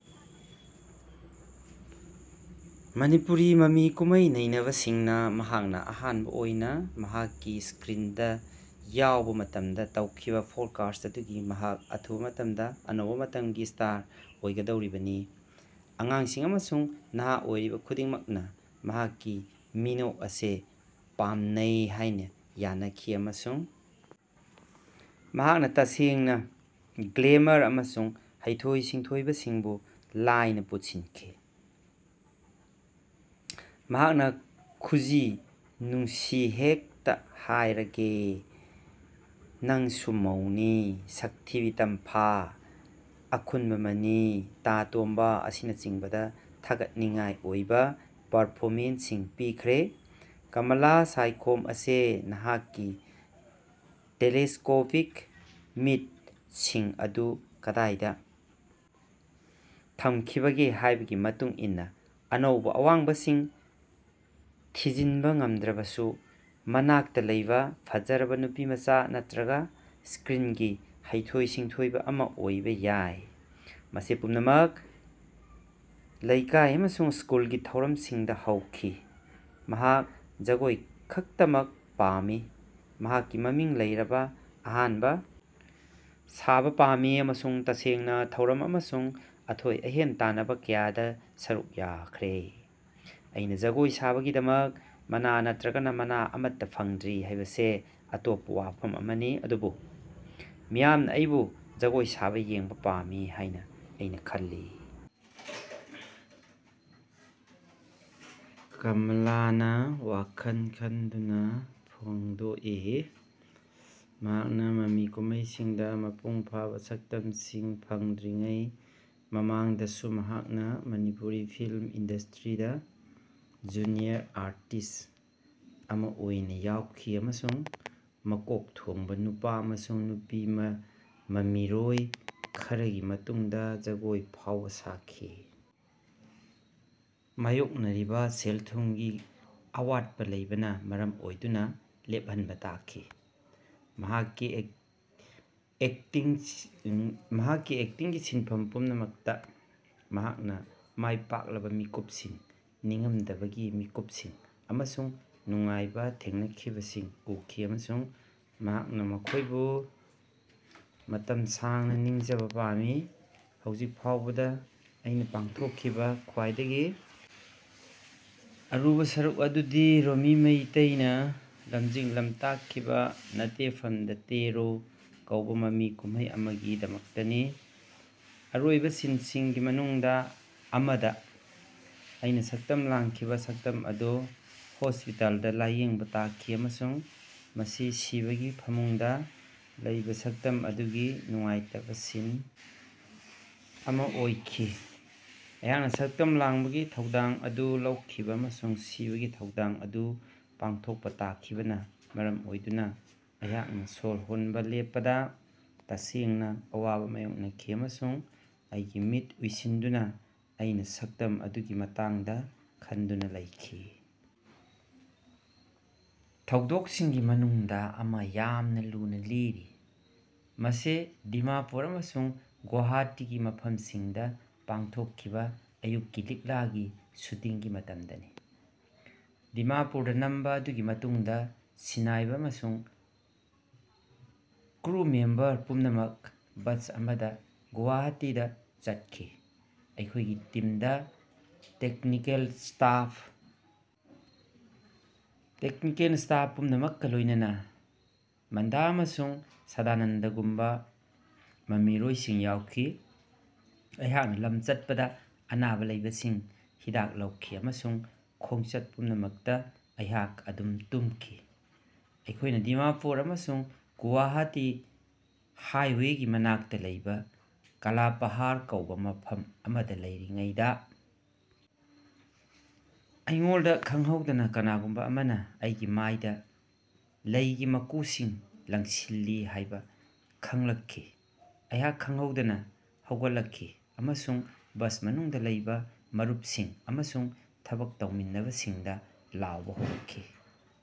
ꯃꯅꯤꯄꯨꯔꯤ ꯃꯃꯤ ꯀꯨꯝꯍꯩ ꯅꯩꯅꯕꯁꯤꯡꯅ ꯃꯍꯥꯛꯅ ꯑꯍꯥꯟꯕ ꯑꯣꯏꯅ ꯃꯍꯥꯛꯀꯤ ꯁ꯭ꯀ꯭ꯔꯤꯟꯗ ꯌꯥꯎꯕ ꯃꯇꯝꯗ ꯇꯧꯈꯤꯕ ꯐꯣꯔꯀꯥꯁꯠ ꯑꯗꯨꯗꯤ ꯃꯍꯥꯛ ꯑꯊꯨꯕ ꯃꯇꯝꯗ ꯑꯅꯧꯕ ꯃꯇꯝꯒꯤ ꯁ꯭ꯇꯥꯔ ꯑꯣꯏꯒꯗꯧꯔꯤꯕꯅꯤ꯫ ꯑꯉꯥꯡꯁꯤꯡ ꯑꯃꯁꯨꯡ ꯅꯍꯥ ꯑꯣꯏꯔꯤꯕ ꯈꯨꯗꯤꯡꯃꯛꯅ ꯃꯍꯥꯛꯀꯤ ꯃꯤꯅꯣꯛ ꯑꯁꯤ ꯄꯥꯝꯅꯩ ꯍꯥꯏꯅ ꯌꯥꯅꯈꯤ ꯑꯃꯁꯨꯡ ꯃꯍꯥꯛꯅ ꯇꯁꯦꯡꯅ ꯒ꯭ꯂꯦꯃꯔ ꯑꯃꯁꯨꯡ ꯍꯩꯊꯣꯏ-ꯁꯤꯡꯊꯣꯏꯕꯁꯤꯡꯕꯨ ꯂꯥꯏꯅ ꯄꯨꯟꯁꯤꯟꯈꯤ꯫ ꯃꯍꯥꯛꯅ ꯈꯨꯖꯤ, ꯅꯨꯡꯁꯤ ꯍꯦꯛꯇꯥ ꯍꯩꯔꯥꯒꯦ, ꯅꯪꯁꯨ ꯃꯧꯅꯤ, ꯁꯛꯊꯤꯕꯤ ꯇꯝꯐꯥ, ꯑꯈꯨꯟꯕꯥ ꯃꯅꯤ, ꯇꯥ ꯇꯣꯝꯕꯥ ꯑꯁꯤꯅꯆꯤꯡꯕꯗ ꯊꯥꯒꯠꯅꯤꯡꯉꯥꯏ ꯑꯣꯏꯕ ꯄꯔꯐꯣꯃꯦꯟꯁꯁꯤꯡ ꯄꯤꯈ꯭ꯔꯦ꯫ ꯀꯃꯂꯥ ꯁꯥꯏꯈꯣꯝ ꯑꯁꯤ ꯅꯍꯥꯛꯀꯤ ꯇꯦꯂꯤꯁ꯭ꯀꯣꯄꯤꯛ ꯃꯤꯠ(ꯁꯤꯡ) ꯑꯗꯨ ꯀꯗꯥꯏꯗ ꯊꯝꯈꯤꯕꯒꯦ ꯍꯥꯏꯕꯒꯤ ꯃꯇꯨꯡ ꯏꯟꯅ ꯑꯅꯧꯕ ꯑꯋꯥꯡꯕꯁꯤꯡ ꯊꯤꯖꯤꯟꯕ ꯉꯝꯗ꯭ꯔꯕꯁꯨ ꯃꯅꯥꯛꯇ ꯂꯩꯕ ꯐꯖꯔꯕ ꯅꯨꯄꯤꯃꯆꯥ ꯅꯠꯇ꯭ꯔꯒ ꯁ꯭ꯀ꯭ꯔꯤꯟꯒꯤ ꯍꯩꯊꯣꯏ-ꯁꯤꯡꯊꯣꯏꯕ ꯑꯃ ꯑꯣꯏꯕ ꯌꯥꯏ꯫ ꯃꯁꯤ ꯄꯨꯝꯅꯃꯛ ꯂꯩꯀꯥꯏ ꯑꯃꯁꯨꯡ ꯁ꯭ꯀꯨꯜꯒꯤ ꯊꯧꯔꯝꯁꯤꯡꯗ ꯍꯧꯈꯤ꯫ ꯃꯍꯥꯛ ꯖꯒꯣꯏ ꯈꯛꯇꯃꯛ ꯄꯥꯝꯃꯤ꯫ ꯃꯍꯥꯛꯀꯤ ꯃꯃꯤꯡ ꯂꯩꯔꯕ ꯑꯍꯥꯟꯕ ꯁꯥꯕ ꯄꯥꯝꯃꯤ ꯑꯃꯁꯨꯡ ꯇꯁꯦꯡꯅ ꯊꯧꯔꯝ ꯑꯃꯁꯨꯡ ꯑꯊꯣꯏ-ꯑꯍꯦꯟ ꯇꯥꯟꯅꯕ ꯀꯌꯥꯗ ꯁꯔꯨꯛ ꯌꯥꯈ꯭ꯔꯦ꯫ ꯑꯩꯅ ꯖꯒꯣꯏ ꯁꯥꯕꯒꯤꯗꯃꯛ ꯃꯅꯥ ꯅꯠꯇ꯭ꯔꯒ ꯃꯅꯥ ꯑꯃꯠꯇ ꯐꯪꯗ꯭ꯔꯤ ꯍꯥꯏꯕꯁꯤ ꯑꯇꯣꯞꯄ ꯋꯥꯐꯝ ꯑꯃꯅꯤ꯫ ꯑꯗꯨꯕꯨ ꯃꯤꯌꯥꯝꯅ ꯑꯩꯕꯨ ꯖꯒꯣꯏ ꯁꯥꯕ ꯌꯦꯡꯕ ꯄꯥꯝꯃꯤ ꯍꯥꯏꯅ ꯑꯩꯅ ꯈꯜꯂꯤ"꯫ ꯀꯃꯂꯥꯅ ꯋꯥꯈꯜ ꯈꯟꯗꯨꯅ ꯐꯣꯡꯗꯣꯛꯏ꯫ ꯃꯍꯥꯛꯅ ꯃꯃꯤ ꯀꯨꯝꯍꯩꯁꯤꯡꯗ ꯃꯄꯨꯡ ꯐꯥꯕ ꯁꯛꯇꯝꯁꯤꯡ ꯐꯪꯗ꯭ꯔꯤꯉꯩ ꯃꯃꯥꯡꯗꯁꯨ ꯃꯍꯥꯛꯅ ꯃꯅꯤꯄꯨꯔꯤ ꯐꯤꯜ꯭ꯃ ꯏꯟꯗꯁꯇ꯭ꯔꯤꯗ ꯖꯨꯅꯤꯌꯔ ꯑꯥꯔꯇꯤꯁꯠ ꯑꯃꯥ ꯑꯣꯏꯅ ꯌꯥꯎꯈꯤ ꯑꯃꯁꯨꯡ ꯃꯀꯣꯛ ꯊꯣꯡꯕ ꯅꯨꯄꯥ ꯑꯃꯁꯨꯡ ꯅꯨꯄꯤ ꯃꯃꯤꯔꯣꯏ ꯈꯔꯒꯤ ꯃꯇꯨꯡꯗ ꯖꯒꯣꯏ ꯐꯥꯎꯕ ꯁꯥꯈꯤ ꯃꯥꯌꯣꯛꯅꯔꯤꯕ ꯁꯦꯜ-ꯊꯨꯝꯒꯤ ꯑꯋꯥꯠꯄ ꯂꯩꯕꯅ ꯃꯔꯝ ꯑꯣꯏꯗꯨꯅ ꯂꯦꯞꯍꯟꯕ ꯇꯥꯈꯤ꯫ ꯃꯍꯥꯛꯀꯤ ꯑꯦꯛꯇꯤꯡꯒꯤ ꯁꯤꯟꯐꯝ ꯄꯨꯝꯅꯃꯛꯇ, ꯃꯍꯥꯛꯅ ꯃꯥꯏꯄꯥꯛꯂꯕ ꯃꯤꯀꯨꯞꯁꯤꯡ, ꯅꯤꯡꯉꯝꯗꯕꯒꯤ ꯃꯤꯀꯨꯞꯁꯤꯡ ꯑꯃꯁꯨꯡ ꯅꯨꯡꯉꯥꯏꯕ ꯊꯦꯡꯅꯈꯤꯕꯁꯤꯡ ꯎꯈꯤ ꯑꯃꯁꯨꯡ ꯃꯍꯥꯛꯅ ꯃꯈꯣꯏꯕꯨ ꯃꯇꯝ ꯁꯥꯡꯅ ꯅꯤꯡꯖꯕ ꯄꯥꯝꯃꯤ꯫ ꯍꯧꯖꯤꯛ ꯐꯥꯎꯕꯗ ꯑꯩꯅ ꯄꯥꯡꯊꯣꯛꯈꯤꯕ ꯈ꯭ꯋꯥꯏꯗꯒꯤ ꯑꯔꯨꯕ ꯁꯔꯨꯛ ꯑꯗꯨꯗꯤ ꯔꯣꯃꯤ ꯃꯩꯇꯩꯅ ꯂꯝꯖꯤꯡ-ꯂꯝꯇꯥꯛꯈꯤꯕ "ꯅꯥꯇꯦꯐꯝꯗꯥ ꯇꯦꯔꯣ" ꯀꯧꯕ ꯃꯃꯤ ꯀꯨꯝꯍꯩ ꯑꯃꯒꯤꯗꯃꯛꯇꯅꯤ꯫ ꯑꯔꯣꯏꯕ ꯁꯤꯟꯁꯤꯡꯒꯤ ꯃꯅꯨꯡꯗ ꯑꯃꯗ, ꯑꯩꯅ ꯁꯛꯇꯝ ꯂꯥꯡꯈꯤꯕ ꯁꯛꯇꯝ ꯑꯗꯨ ꯍꯣꯁꯄꯤꯇꯥꯜꯗ ꯂꯥꯌꯦꯡꯕ ꯇꯥꯈꯤ ꯑꯃꯁꯨꯡ ꯃꯁꯤ ꯁꯤꯕꯒꯤ ꯐꯃꯨꯡꯗ ꯂꯩꯕ ꯁꯛꯇꯝ ꯑꯗꯨꯒꯤ ꯅꯨꯡꯉꯥꯏꯇꯕ ꯁꯤꯟ ꯑꯃ ꯑꯣꯏꯈꯤ꯫ ꯑꯩꯍꯥꯛꯅ ꯁꯛꯇꯝ ꯂꯥꯡꯕꯒꯤ ꯊꯧꯗꯥꯡ ꯑꯗꯨ ꯂꯧꯈꯤꯕ ꯑꯃꯁꯨꯡ ꯁꯤꯕꯒꯤ ꯊꯧꯗꯥꯡ ꯑꯗꯨ ꯄꯥꯡꯊꯣꯛꯄ ꯇꯥꯈꯤꯕꯅ ꯃꯔꯝ ꯑꯣꯏꯗꯨꯅ, ꯑꯩꯍꯥꯛꯅ ꯁꯣꯔ ꯍꯣꯟꯕ ꯂꯦꯞꯄꯗ ꯇꯁꯦꯡꯅ ꯑꯋꯥꯕ ꯃꯥꯌꯣꯛꯅꯈꯤ ꯑꯃꯁꯨꯡ ꯑꯩꯒꯤ ꯃꯤꯠ ꯎꯏꯁꯤꯟꯗꯨꯅ ꯑꯩꯅ ꯁꯛꯇꯝ ꯑꯗꯨꯒꯤ ꯃꯇꯥꯡꯗ ꯈꯟꯗꯨꯅ ꯂꯩꯈꯤ꯫ ꯊꯧꯗꯣꯛꯁꯤꯡꯒꯤ ꯃꯅꯨꯡꯗ ꯑꯃ ꯌꯥꯝꯅ ꯂꯨꯅ ꯂꯤꯔꯤ꯫ "ꯃꯁꯤ ꯗꯤꯃꯥꯄꯨꯔ ꯑꯃꯁꯨꯡ ꯒꯨꯋꯥꯍꯥꯇꯤꯒꯤ ꯃꯐꯝꯁꯤꯡꯗ ꯄꯥꯡꯊꯣꯛꯈꯤꯕ ꯑꯥꯌꯨꯛꯀꯤ ꯂꯤꯛꯂꯥꯒꯤ ꯁꯨꯇꯤꯡꯒꯤ ꯃꯇꯝꯗꯅꯤ꯫ ꯗꯤꯃꯥꯄꯨꯔꯗ ꯅꯝꯕ ꯑꯗꯨꯒꯤ ꯃꯇꯨꯡꯗ ꯁꯤꯟꯅꯥꯏꯕ ꯑꯃꯁꯨꯡ ꯀ꯭ꯔꯨ ꯃꯦꯝꯕꯔ ꯄꯨꯝꯅꯃꯛ ꯕꯁ ꯑꯃꯗ ꯒꯨꯋꯥꯍꯥꯇꯤꯗ ꯆꯠꯈꯤ꯫ ꯑꯩꯈꯣꯏꯒꯤ ꯇꯤꯝꯗ ꯇꯦꯛꯅꯤꯀꯦꯜ ꯁ꯭ꯇꯥꯐ ꯄꯨꯝꯅꯃꯛꯀ ꯂꯣꯏꯅꯅ ꯃꯟꯗꯥ ꯑꯃꯁꯨꯡ ꯁꯗꯥꯅꯟꯗꯒꯨꯝꯕ ꯃꯃꯤꯔꯣꯏꯁꯤꯡ ꯌꯥꯎꯈꯤ꯫ ꯑꯩꯍꯥꯛꯅ ꯂꯝ ꯆꯠꯄꯗ ꯑꯅꯥꯕ ꯂꯩꯕꯁꯤꯡ ꯍꯤꯗꯥꯛ ꯂꯧꯈꯤ ꯑꯃꯁꯨꯡ ꯈꯣꯡꯆꯠ ꯄꯨꯝꯅꯃꯛꯇ ꯑꯩꯍꯥꯛ ꯑꯗꯨꯝ ꯇꯨꯝꯈꯤ꯫ ꯑꯩꯈꯣꯏꯅ ꯗꯤꯃꯥꯄꯨꯔ ꯑꯃꯁꯨꯡ ꯒꯨꯋꯥꯍꯥꯇꯤ ꯍꯥꯏꯋꯦꯒꯤ ꯃꯅꯥꯛꯇ ꯂꯩꯕ ꯀꯥꯂꯥ ꯄꯍꯥꯔ ꯀꯧꯕ ꯃꯐꯝ ꯑꯃꯗ ꯂꯩꯔꯤꯉꯩꯗ ꯑꯩꯉꯣꯟꯗ ꯈꯡꯍꯧꯗꯅ ꯀꯅꯥꯒꯨꯝꯕ ꯑꯃꯅ ꯑꯩꯒꯤ ꯃꯥꯏꯗ ꯂꯩꯒꯤ ꯃꯀꯨꯁꯤꯡ ꯂꯪꯁꯤꯜꯂꯤ ꯍꯥꯏꯕ ꯈꯪꯂꯛꯈꯤ, ꯑꯩꯍꯥꯛ ꯈꯡꯍꯧꯗꯅ ꯍꯧꯒꯠꯂꯛꯈꯤ ꯑꯃꯁꯨꯡ ꯕꯁ ꯃꯅꯨꯡꯗ ꯂꯩꯕ ꯃꯔꯨꯞꯁꯤꯡ ꯑꯃꯁꯨꯡ ꯊꯕꯛ ꯇꯧꯃꯤꯟꯅꯕꯁꯤꯡꯗ ꯂꯥꯎꯕ ꯍꯧꯔꯛꯈꯤ꯫